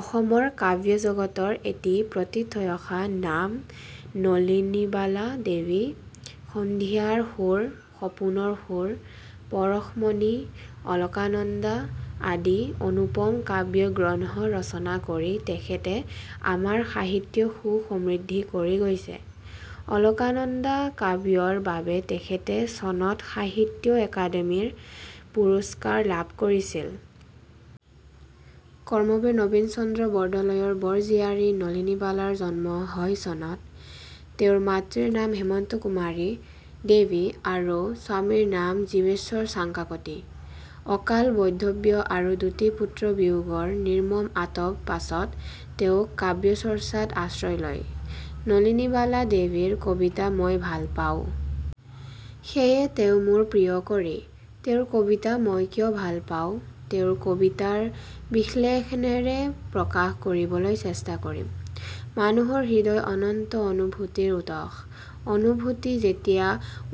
অসমৰ কাব্যজগতৰ এটি প্ৰথিতযশা নাম নলিনীবালা দেৱী। 'সন্ধিয়াৰ সুৰ', 'সপোনৰ সুৰ', 'পৰশমণি, 'অলকানন্দা' আদি অনুপম কাব্য-গ্ৰন্থ ৰচনা কৰি তেখেতে আমাৰ সাহিত্য সু-সমৃদ্ধ কৰি গৈছে। 'অলকানন্দা' কাব্যৰ বাবে তেখেতে চনত সাহিত্য-অকাডেমিৰ পুৰস্কাৰ লাভ কৰিছিল। কৰ্মবীৰ নবীনচন্দ্ৰ বৰদলৈৰ বৰ জীয়াৰী নলিনীবালাৰ জন্ম হয় চনত। তেওঁৰ মাতৃৰ নাম হেমন্তকুমাৰী দেৱী আৰু স্বামীৰ নাম জীৱেশ্বৰ চাংকাকতি। অকাল বৈধৱ্য্য আৰু দুটি পুত্ৰ-বিয়োগৰ নিৰ্মম আতব পাছত তেওঁ কাব্যচৰ্চাত আশ্ৰয় লয়। নলিনীবালা দেৱীৰ কবিতা মই ভাল পাওঁ। সেয়েহে তেওঁ মোৰ প্ৰিয় কৰি। তেওঁৰ কবিতা মই কিয় ভাল পাওঁ, তেওঁৰ কবিতাৰ বিশ্লেষণেৰে প্ৰকাশ কৰিবলৈ চেষ্টা কৰিম। মানুহৰ হৃদয় অনন্ত অনুভূতিৰ উৎস। অনুভূতি যেতিয়া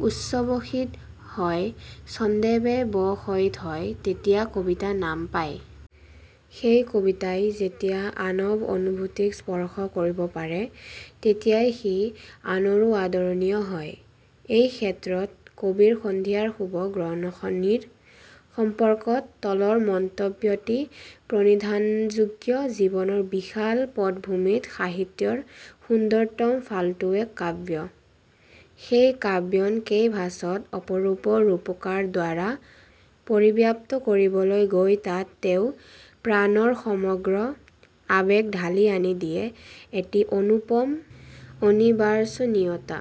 উচ্ছ্বসিত হৈ ছন্দেবে ব শয়িত হয়, তেতিয়াই কবিতা নাম পায়। সেই কবিতাই যেতিয়াই আনব অনুভূতিক স্পর্শ কৰিব পাৰে, তেতিয়াই সি আনৰো আদৰণীয় হয়। এই ক্ষেত্ৰত কবিৰ "সন্ধিয়াৰ সুব"- গ্ৰন্থখনিৰ সম্পৰ্কত তলৰ মন্তব্যটি প্ৰণিধানযোগ্য- "জীৱনৰ বিশাল পটভূমিত সাহিত্যৰ সুন্দৰ্তম ফালটোৱে কাব্য। সেই কাব্যন 'কেভাছ'ত অপৰূপ ৰূপকৰ দ্বাৰা পৰিব্যাপ্ত কৰিবলৈ গৈ তাত তেওঁ প্ৰাণৰ সমগ্ৰ আবেগ ঢালি আনি দিয়ে এটি অনুপম অনিৰ্বাচনীয়তা।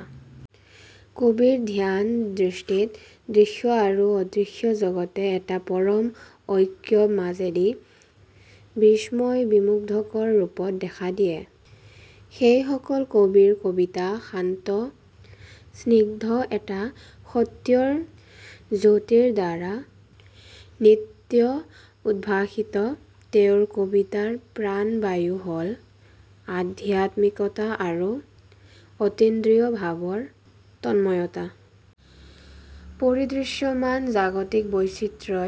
কবিৰ ধ্যান দৃষ্টিত দৃশ্য আৰু অদৃশ্য জগতে এটা পৰম ঐক্যব মাজেদি বিস্ময় বিমুগ্ধকৰ ৰূপত দেখা দিয়ে। সেইসকল কবিৰ কবিতা শান্ত, স্নিগ্ধ এটা সত্যৰ জ্যোতিৰ দ্বাৰা নিত্য উদ্ভাসিত; তেওঁৰ কবিতাৰ প্ৰাণবায়ু হ'ল আধ্যাত্মিকতা আৰু অতীন্দ্ৰিয় ভাবৰ তন্ময়তা। পৰিদৃশ্যমান জাগতিক বৈচিত্ৰ্য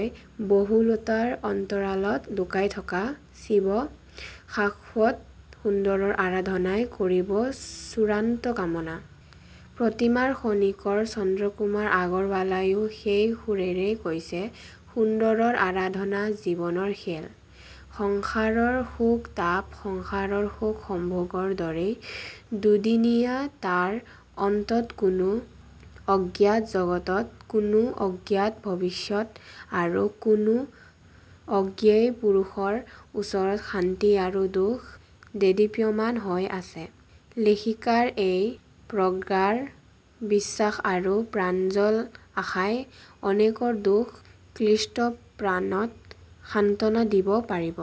বহুলতাৰ অন্তৰালত লুকাই থকা চিব শাশ্বত সুন্দৰৰ আৰাধনাই কবিৰ চূড়ান্ত কামনা। " প্ৰতিমাৰ খনিকৰ চন্দ্ৰকুমাৰ আগৰৱালায়ো সেই সুৰেৰেই কৈছে- "সুন্দৰৰ আৰাধনা জীৱনৰ খেল। " "সংসাৰৰ শোক-তাপ, সংসাৰৰ সুখ-সম্ভোগৰ দৰেই দুদিনীয়া; তাৰ অন্তত কোনো অজ্ঞাত জগতত, কোনো অজ্ঞাত ভৱিষ্যত আৰু কোনো অজ্ঞেয় পুৰুষৰ ওচৰত শান্তি আৰু সুখ দেদীপ্যমান হৈ আছে; লেখিকাৰ এই প্ৰগাঢ় বিশ্বাস আৰু প্ৰাঞ্জল আশাই অনেকৰ দুখ ক্লিষ্ট প্ৰাণত সান্ত্বনা দিব পাৰিব।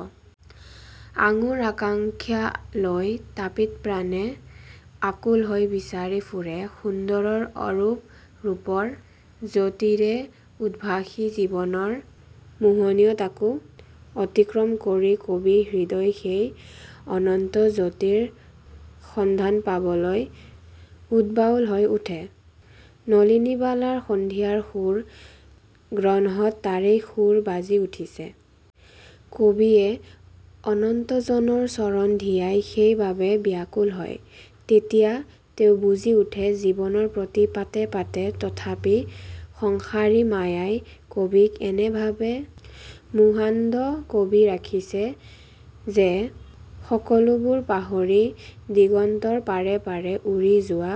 আঙুৰ আকাংক্ষা লৈ তাপিত প্ৰাণে আকুল হৈ বিচাৰি ফুৰে- সুন্দৰৰ অৰূপ ৰূপৰ জ্যোতিৰে উদ্ভাসি জীৱনৰ মোহনীয়তাকো অতিক্ৰম কৰি কবি-হৃদয় সেই অনন্ত জ্যোতিৰ সন্ধান পাবলৈ উদ্বাউল হৈ উঠে। নলিনীবালাৰ সন্ধিয়াৰ সুৰ গ্ৰন্থত তাৰেই সুৰ বাজি উঠিছে। কবিয়ে অনন্তজনৰ চৰণ ধিয়াই সেইবাবে ব্যাকুল হয়। তেতিয়া তেওঁ বুজি উঠে- "জীৱনৰ প্ৰতি পাতে পাতে তথাপি সংসাৰী মায়াই কবিক এনেভাৱে মোহান্ধ কবি ৰাখিছে যে সকলোবোৰ পাহৰি, দিগন্তৰ পাৰে পাৰে উৰি যোৱা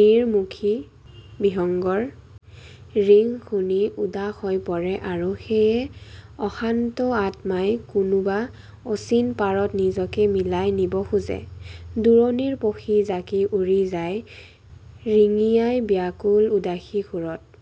নীড়-মুখী বিহংগৰ ৰিং শুনি উদাস হৈ পৰে আৰু সেয়েহে অশান্ত আত্মাই কোনোবা অচিন পাৰত নিজকে মিলাই নিব খোজে- "দূৰণিৰ পখী জাকি উৰি যায় ৰিঙিয়াই বিয়াকুল উদাসী সুৰত